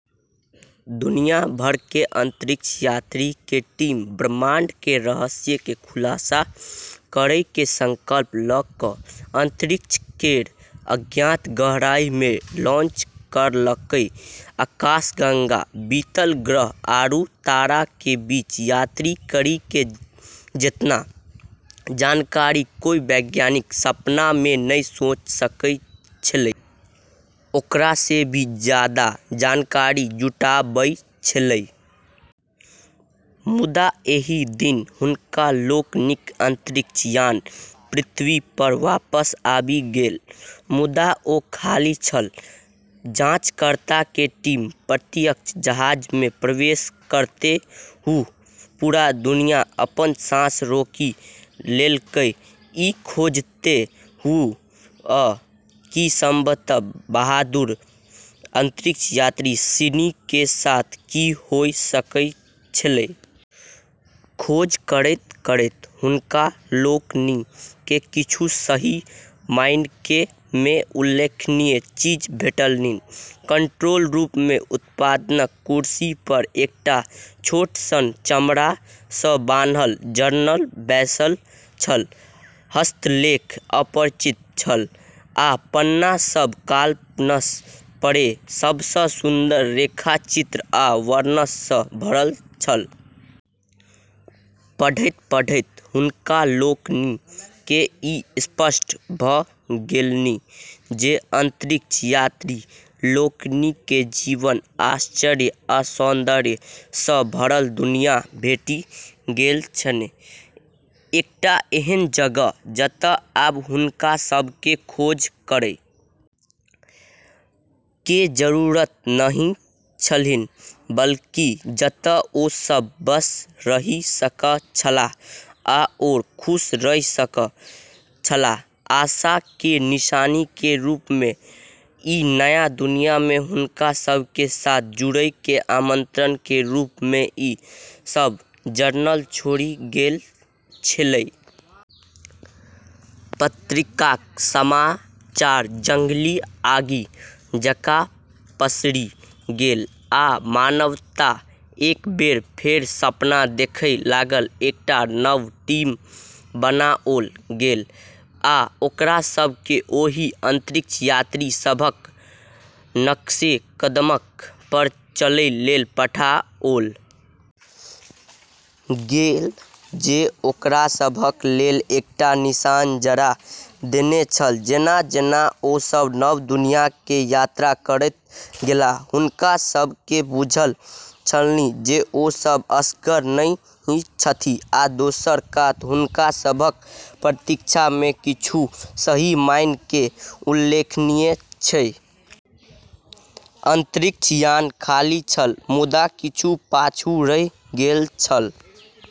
दुनिया भर के अंतरिक्ष यात्री के टीम ब्रह्मांड के रहस्य के खुलासा करै के संकल्प ल क अंतरिक्ष केरऽ अज्ञात गहराई मे लॉन्च करलकै। आकाशगंगा, बीतल ग्रह आरू तारा के बीच यात्रा करी के जेतना जानकारी कोय वैज्ञानिक सपना मे नै सोचे सकै छेलै, ओकरा से भी जादा जानकारी जुटाबै छेलै। मुदा एहि दिन हुनका लोकनिक अंतरिक्ष यान पृथ्वी पर वापस आबि गेल, मुदा ओ खाली छल। जांचकर्ता के टीम परित्यक्त जहाज में प्रवेश करतें हुअ॑ पूरा दुनिया अपनऽ सांस रोकी लेलकै, ई खोजतें हुअ॑ कि संभवतः बहादुर अंतरिक्ष यात्री सिनी के साथ की होय सकै छेलै। खोज करैत-करैत हुनका लोकनि केँ किछु सही मायने मे उल्लेखनीय चीज भेटलनि। कंट्रोल रूम मे, कप्तानक कुर्सी पर, एकटा छोट सन, चमड़ा सँ बान्हल जर्नल बैसल छल, हस्तलेख अपरिचित छल, आ पन्ना सभ कल्पनासँ परे सभसँ सुन्दर रेखाचित्र आ वर्णनसँ भरल छल। पढ़ैत-पढ़ैत हुनका लोकनि केँ ई स्पष्ट भ गेलनि जे अंतरिक्ष यात्री लोकनि केँ जीवन, आश्चर्य आ सौन्दर्य सँ भरल दुनियाँ भेटि गेल छनि एकटा एहन जगह जतय आब हुनका सभ के खोज करय के जरूरत नहिं छलन्हि, बल्कि जतय ओ सभ बस रहि सकय छलाह आओर खुश रहि सकय छलाह, आशा के निशानी के रूप में, ई नया दुनिया में हुनका सब के साथ जुड़ै के आमंत्रण के रूप में ई सब जर्नल छोड़ी गेलऽ छेलै। पत्रिकाक समाचार जंगली आगि जकाँ पसरि गेल, आ मानवता एक बेर फेर सपना देखय लागल। एकटा नव टीम बनाओल गेल, आ ओकरा सभ केँ ओहि अंतरिक्ष यात्री सभक नक्शेकदम पर चलय लेल पठाओल गेल जे ओकरा सभक लेल एकटा निशान जरा देने छल जेना-जेना ओ सभ नव दुनियाँक यात्रा करैत गेलाह, हुनका सभ केँ बुझल छलनि जे ओ सभ असगर नहि छथि आ दोसर कात हुनका सभक प्रतीक्षा मे किछु सही मायने मे उल्लेखनीय अछि। अंतरिक्ष यान खाली छल, मुदा किछु पाछू रहि गेल छल।